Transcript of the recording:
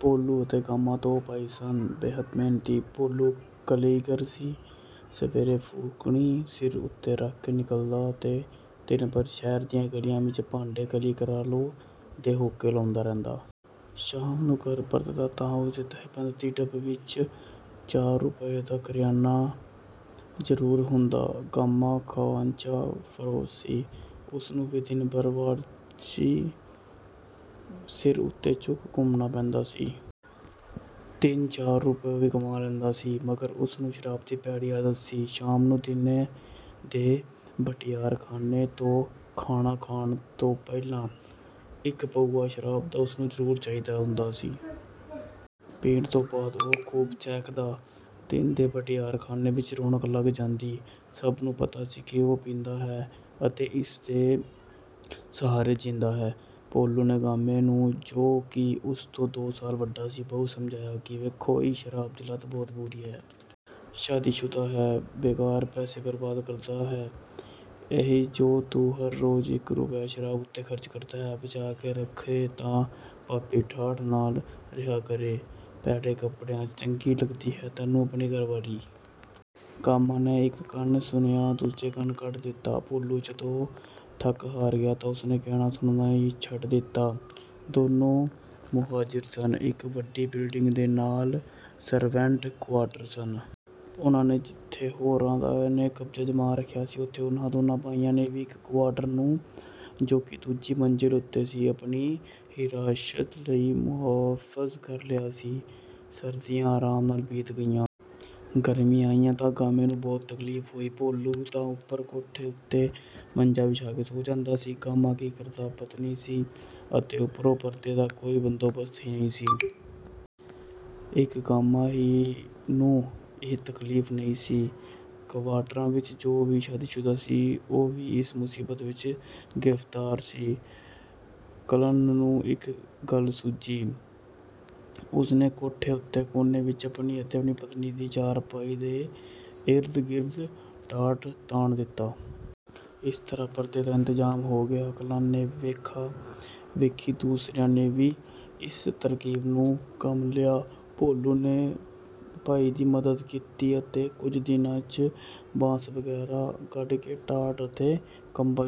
ਭੋਲੂ ਅਤੇ ਗਾਮਾ ਦੋ ਭਾਈ ਸਨ। ਬੇਹੱਦ ਮਿਹਨਤੀ। ਭੋਲੂ ਕਲਈਗਰ ਸੀ। ਸਵੇਰੇ ਫੂਕਣੀ ਸਿਰ ਉੱਤੇ ਰੱਖ ਕੇ ਨਿਕਲਦਾ ਅਤੇ ਦਿਨ ਭਰ ਸ਼ਹਿਰ ਦੀਆਂ ਗਲੀਆਂ ਵਿੱਚ "ਭਾਂਡੇ ਕਲਈ ਕਰਾ ਲਓ" ਦੇ ਹੋਕੇ ਲਗਾਉਂਦਾ ਰਹਿੰਦਾ। ਸ਼ਾਮ ਨੂੰ ਘਰ ਪਰਤਦਾ ਤਾਂ ਉਸ ਦੇ ਤਹਿਬੰਦ ਦੀ ਡੱਬ ਵਿੱਚ ਤਿੰਨ ਚਾਰ ਰੁਪਏ ਦਾ ਕਰਿਆਨਾ ਜਰੂਰ ਹੁੰਦਾ। ਗਾਮਾ ਖ਼ਵਾਂਚਾ ਫ਼ਰੋਸ਼ ਸੀ। ਉਸ ਨੂੰ ਵੀ ਦਿਨ ਭਰ ਛਾਬੜੀ ਸਿਰ ਉੱਤੇ ਚੁੱਕੇ ਘੁੰਮਣਾ ਪੈਂਦਾ ਸੀ। ਤਿੰਨ ਚਾਰ ਰੁਪਏ ਉਹ ਵੀ ਕਮਾ ਲੈਂਦਾ ਸੀ। ਮਗਰ ਉਸ ਨੂੰ ਸ਼ਰਾਬ ਦੀ ਭੈੜੀ ਆਦਤ ਸੀ। ਸ਼ਾਮ ਨੂੰ ਦੀਨੇ ਦੇ ਭਟਿਆਰਖ਼ਾਨੇ ਤੋਂ ਖਾਣਾ ਖਾਣ ਤੋਂ ਪਹਿਲਾਂ ਇੱਕ ਪਊਆ ਸ਼ਰਾਬ ਦਾ ਉਸਨੂੰ ਜ਼ਰੂਰ ਚਾਹੀਦਾ ਹੈ ਸੀ। ਪੀਣ ਦੇ ਬਾਅਦ ਉਹ ਖ਼ੂਬ ਚਹਿਕਦਾ। ਦੀਨੇ ਦੇ ਭਟਿਆਰ ਖ਼ਾਨੇ ਵਿੱਚ ਰੌਣਕ ਲੱਗ ਜਾਂਦੀ। ਸਭ ਨੂੰ ਪਤਾ ਸੀ ਕਿ ਉਹ ਪੀਂਦਾ ਹੈ ਅਤੇ ਇਸ ਦੇ ਸਹਾਰੇ ਜੀਂਦਾ ਹੈ। ਭੋਲੂ ਨੇ ਗਾਮਾ ਨੂੰ ਜੋ ਕਿ ਉਸ ਤੋਂ ਦੋ ਸਾਲ ਵੱਡਾ ਸੀ ਬਹੁਤ ਸਮਝਾਇਆ ਕਿ ਵੇਖੋ ਇਹ ਸ਼ਰਾਬ ਦੀ ਲਤ ਬਹੁਤ ਬੁਰੀ ਹੈ। ਸ਼ਾਦੀਸ਼ੁਦਾ ਹੈਂ, ਬੇਕਾਰ ਪੈਸਾ ਬਰਬਾਦ ਕਰਦਾ ਹੈਂ। ਇਹੀ ਜੋ ਤੂੰ ਹਰ ਰੋਜ ਇੱਕ ਪਊਆ ਸ਼ਰਾਬ ਉੱਤੇ ਖ਼ਰਚ ਕਰਦਾ ਹੈਂ ਬਚਾ ਕੇ ਰੱਖੇਂ ਤਾਂ ਭਾਬੀ ਠਾਠ ਨਾਲ ਰਿਹਾ ਕਰੇ। ਪੈੜੇ ਕੱਪੜਿਆਂ ਚ ਚੰਗੀ ਲੱਗਦੀ ਹੈ ਤੈਨੂੰ ਆਪਣੀ ਘਰ ਵਾਲੀ। ਗਾਮਾ ਨੇ ਇਸ ਕੰਨ ਸੁਣਿਆ ਉਸ ਕੰਨ ਕੱਢ ਦਿੱਤਾ। ਭੋਲੂ ਜਦੋਂ ਥੱਕ ਹਾਰ ਗਿਆ ਤਾਂ ਉਸ ਨੇ ਕਹਿਣਾ ਸੁਣਨਾ ਹੀ ਛੱਡ ਦਿੱਤਾ। ਦੋਨੋਂ ਮੁਹਾਜਿਰ ਸਨ। ਇੱਕ ਵੱਡੀ ਬਿਲਡਿੰਗ ਦੇ ਨਾਲ ਸਰਵੈਂਟ ਕੁਆਟਰ ਸਨ। ਉਨ੍ਹਾਂ ਤੇ ਜਿੱਥੇ ਹੋਰਾਂ ਨੇ ਕਬਜਾ ਜਮਾ ਰੱਖਿਆ ਸੀ, ਉੱਥੇ ਉਨ੍ਹਾਂ ਦੋਨੋਂ ਭਾਈਆਂ ਨੇ ਵੀ ਇੱਕ ਕੁਆਟਰ ਨੂੰ ਜੋ ਕਿ ਦੂਜੀ ਮੰਜ਼ਿਲ ਉੱਤੇ ਸੀ ਆਪਣੀ ਰਿਹਾਇਸ਼ ਲਈ ਮਹਿਫ਼ੂਜ਼ ਕਰ ਲਿਆ ਸੀ। ਸਰਦੀਆਂ ਆਰਾਮ ਨਾਲ ਬੀਤ ਗਈਆਂ। ਗਰਮੀਆਂ ਆਈਆਂ ਤਾਂ ਗਾਮੇ ਨੂੰ ਬਹੁਤ ਤਕਲੀਫ ਹੋਈ। ਭੋਲੂ ਤਾਂ ਉੱਪਰ ਕੋਠੇ ਉੱਤੇ ਮੰਜਾ ਵਿਛਾ ਕੇ ਸੌਂ ਜਾਂਦਾ ਸੀ। ਗਾਮਾ ਕੀ ਕਰਦਾ। ਪਤਨੀ ਸੀ। ਅਤੇ ਉੱਪਰੋਂ ਪਰਦੇ ਦਾ ਕੋਈ ਬੰਦੋਬਸਤ ਹੀ ਨਹੀਂ ਸੀ। ਇੱਕ ਗਾਮਾ ਹੀ ਨੂੰ ਇਹ ਤਕਲੀਫ ਨਹੀਂ ਸੀ। ਕਵਾਟਰਾਂ ਵਿੱਚ ਜੋ ਵੀ ਸ਼ਾਦੀਸ਼ੁਦਾ ਸੀ ਉਹ ਵੀ ਇਸ ਮੁਸੀਬਤ ਵਿੱਚ ਗਿਰਫਤਾਰ ਸੀ। ਕੱਲਨ ਨੂੰ ਇੱਕ ਗੱਲ ਸੁੱਝੀ। ਉਸ ਨੇ ਕੋਠੇ ਉੱਤੇ ਕੋਨੇ ਵਿੱਚ ਆਪਣੀ ਅਤੇ ਆਪਣੀ ਪਤਨੀ ਦੀ ਚਾਰਪਾਈ ਦੇ ਇਰਦ ਗਿਰਦ ਟਾਟ ਤਾਣ ਦਿੱਤਾ। ਇਸ ਤਰ੍ਹਾਂ ਪਰਦੇ ਦਾ ਇੰਤਜ਼ਾਮ ਹੋ ਗਿਆ। ਕੱਲਨ ਦੀ ਵੇਖਾ ਵੇਖੀ ਦੂਸਰਿਆਂ ਨੇ ਵੀ ਇਸ ਤਰਕੀਬ ਤੋਂ ਕੰਮ ਲਿਆ। ਭੋਲੂ ਨੇ ਭਾਈ ਦੀ ਮਦਦ ਕੀਤੀ ਅਤੇ ਕੁਝ ਦਿਨਾਂ ਹੀ ਵਿੱਚ ਬਾਂਸ ਵਗ਼ੈਰਾ ਗੱਡ ਕੇ ਟਾਟ ਅਤੇ ਕੰਬਲ ਜੋੜ ਕੇ